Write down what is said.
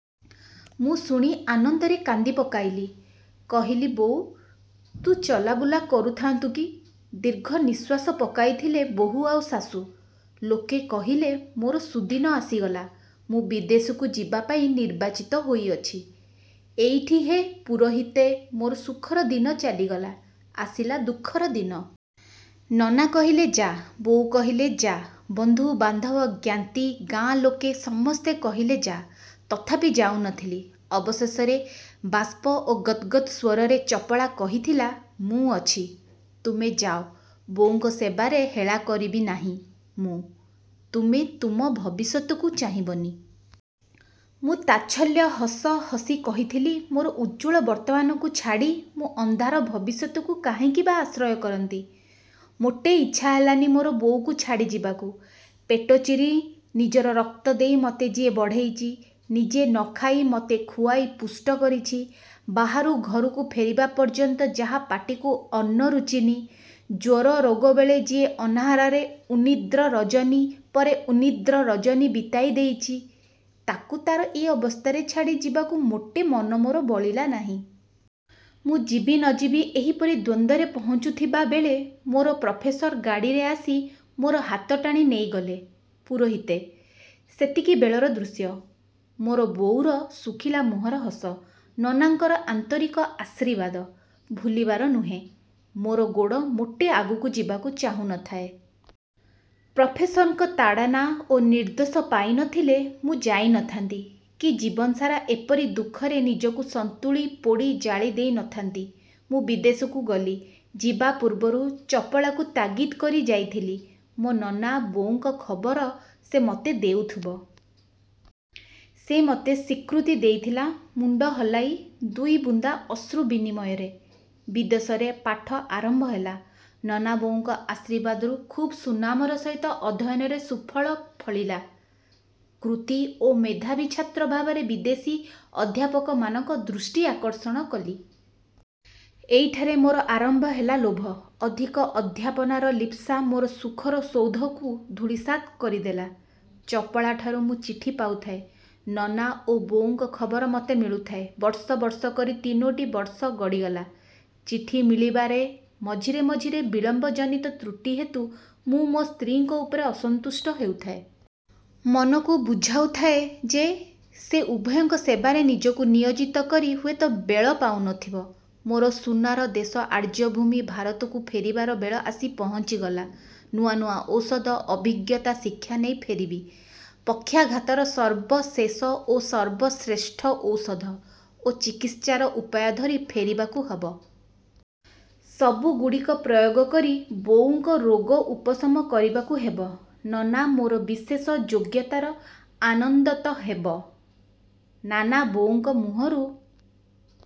ମୁଁ ଶୁଣି ଆନନ୍ଦରେ କାନ୍ଦି ପକାଇଲି। କହିଲି—ବୋଉ, ତୁ ଚଲାବୁଲା କରୁ ଥାଆନ୍ତୁ କି! ଦୀର୍ଘ ନିଶ୍ୱାସ ପକାଇଥିଲେ ବୋହୂ ଆଉ ଶାଶୁ। ଲୋକେ କହିଲେ, ମୋର ସୁଦିନ ଆସିଗଲା। ମୁଁ ବିଦେଶକୁ ଯିବାପାଇଁ ନିର୍ବାଚିତ ହୋଇଅଛି। ଏଇଠି ହେ ପୁରୋହିତେ, ମୋର ସୁଖର ଦିନ ଚାଲିଗଲା, ଆସିଲା ଦୁଃଖର ଦିନ। ନନା କହିଲେ ଯାଆ, ବୋଉ କହିଲେ ଯାଆ। ବନ୍ଧୁ-ବାନ୍ଧବ, ଜ୍ଞାତି, ଗାଁ ଲୋକେ ସମସ୍ତେ କହିଲେ ଯାଆ, ତଥାପି ଯାଉ ନ ଥିଲି। ଅବଶେଷରେ ବାଷ୍ପ ଗଦ୍ଗଦ୍ ସ୍ୱରରେ ଚପଳା କହିଥିଲା—ମୁଁ ଅଛି, ତୁମେ ଯାଅ, ବୋଉଙ୍କ ସେବାରେ ହେଳା କରିବି ନାହିଁ ମୁଁ। ତୁମେ, ତୁମ ଭବିଷ୍ୟତକୁ ଚାହିଁବନି! ମୁଁ ତାଚ୍ଛଲ୍ୟ ହସ ହସି କହିଥିଲି—ମୋର ଉଜ୍ଜ୍ୱଳ ବର୍ତ୍ତମାନକୁ ଛାଡ଼ି ମୁଁ ଅନ୍ଧାର ଭବିଷ୍ୟତକୁ କାହିଁକି ବା ଆଶ୍ରୟ କରନ୍ତି। ମୋଟେ ଇଚ୍ଛା ହେଲାନି ମୋର ବୋଉକୁ ଛାଡ଼ି ଯିବାକୁ। ପେଟ ଚିରି ନିଜର ରକ୍ତ ଦେଇ ମତେ ଯିଏ ବଢ଼େଇଚି, ନିଜେ ନ ଖାଇ ମତେ ଖୁଆଇ ପୁଷ୍ଟ କରିଚି, ବାହାରୁ ଘରକୁ ଫେରିବା ପର୍ଯ୍ୟନ୍ତ ଯାହା ପାଟିକୁ ଅନ୍ନ ରୁଚିନି, ଜ୍ୱର ରୋଗ ବେଳେ ଯିଏ ଅନାହାରରେ ଉନ୍ନିଦ୍ର ରଜନୀ ପରେ ଉନ୍ନିଦ୍ର ରଜନୀ ବିତାଇ ଦେଇଚି, ତାକୁ, ତାର ଏ ଅବସ୍ଥାରେ ଛାଡ଼ି ଯିବାକୁ ମୋଟେ ମନ ମୋର ବଳିଲା ନାହିଁ। ମୁଁ ଯିବି ନ ଯିବି ଏହିପରି ଦ୍ୱନ୍ଦ୍ୱରେ ପହୁଞ୍ଚିଥିବା ବେଳେ ମୋର ପ୍ରଫେସର ଗାଡ଼ିରେ ଆସି ମୋର ହାତ ଟାଣି ନେଇଗଲେ। ପୁରୋହିତେ! ସେତିକିବେଳର ଦୃଶ୍ୟ, ମୋର ବୋଉର ଶୁଖିଲା ମୁହଁର ହସ, ନନାଙ୍କର ଆନ୍ତରିକ ଆଶୀର୍ବାଦ ଭୁଲିବାର ନୁହେଁ। ମୋର ଗୋଡ଼ ମୋଟେ ଆଗକୁ ଯିବାକୁ ଚାହୁଁ ନ ଥାଏ। ପ୍ରଫେସରଙ୍କ ତାଡ଼ନା ଓ ନିର୍ଦ୍ଦେଶ ପାଇ ନ ଥିଲେ ମୁଁ ଯାଇ ନ ଥାନ୍ତି କି ଜୀବନସାରା ଏପରି ଦୁଃଖରେ ନିଜକୁ ସନ୍ତୁଳି ପୋଡ଼ି ଜାଳି ଦେଇ ନ ଥାଆନ୍ତି। ମୁଁ ବିଦେଶକୁ ଗଲି। ଯିବା ପୂର୍ବରୁ ଚପଳାକୁ ତାଗିଦ କରି ଯାଇଥିଲି, ମୋ ନନା, ବୋଉଙ୍କ ଖବର ସେ ମୋତେ ଦେଉଥିବ। ସେ ମତେ ସ୍ୱୀକୃତି ଦେଇଥିଲା ମୁଣ୍ଡ ହଲାଇ ଦୁଇ ବୁନ୍ଦା ଅଶ୍ରୁ ବିନିମୟରେ। ବିଦେଶରେ ପାଠ ଆରମ୍ଭ ହେଲା। ନନା ବୋଉଙ୍କ ଆଶୀର୍ବାଦରୁ ଖୁବ୍ ସୁନାମର ସହିତ ଅଧ୍ୟୟନରେ ସୁଫଳ ଫଳିଲା। କୃତୀ ଓ ମେଧାବୀ ଛାତ୍ର ଭାବରେ ବିଦେଶୀ ଅଧ୍ୟାପକମାନଙ୍କ ଦୃଷ୍ଟି ଆକର୍ଷଣ କଲି। ଏଇଠାରେ ମୋର ଆରମ୍ଭ ହେଲା ଲୋଭ। ଅଧିକ ଅଧ୍ୟାପନାର ଲିପ୍ସା ମୋର ସୁଖର ସୌଧକୁ ଧୂଳିସାତ୍ କରିଦେଲା। ଚପଳାଠାରୁ ମୁଁ ଚିଠି ପାଉଥାଏ। ନନା ଓ ବୋଉଙ୍କ ଖବର ମତେ ମିଳୁଥାଏ। ବର୍ଷ ବର୍ଷ କରି ତିନୋଟି ବର୍ଷ ଗଡ଼ିଗଲା। ଚିଠି ମିଳିବାରେ ମଝିରେ ମଝିରେ ବିଳମ୍ୱଜନିତ ତ୍ରୁଟି ହେତୁ ମୁଁ ମୋ ସ୍ତ୍ରୀଙ୍କ ଉପରେ ଅସନ୍ତୁଷ୍ଟ ହେଉଥାଏ। ମନକୁ ବୁଝାଉ ଥାଏ ଯେ, ସେ ଉଭୟଙ୍କ ସେବାରେ ନିଜକୁ ନିୟୋଜିତ କରି ହୁଏତ ବେଳ ପାଉ ନ ଥିବ। ମୋର ସୁନାର ଦେଶ ଆର୍ଯ୍ୟଭୂମି ଭାରତକୁ ଫେରିବାର ବେଳ ଆସି ପହଞ୍ଚିଗଲା। ନୂଆ ନୂଆ ଔଷଧ, ଅଭିଜ୍ଞତା ଶିକ୍ଷା ନେଇ ଫେରିବି। ପକ୍ଷାଘାତର ସର୍ବଶେଷ ଓ ସର୍ବଶ୍ରେଷ୍ଠ ଔଷଧ ଓ ଚିକିତ୍ସାର ଉପାୟ ଧରି ଫେରିବାକୁ ହେବ। ସବୁଗୁଡ଼ିକ ପ୍ରୟୋଗ କରି ବୋଉଙ୍କ ରୋଗ ଉପଶମ କରିବାକୁ ହେବ। ନନା ମୋର ବିଶେଷ ଯୋଗ୍ୟତାର ଆନନ୍ଦତ ହେବ। ନାନା ବୋଉଙ୍କ ମୁହଁରୁ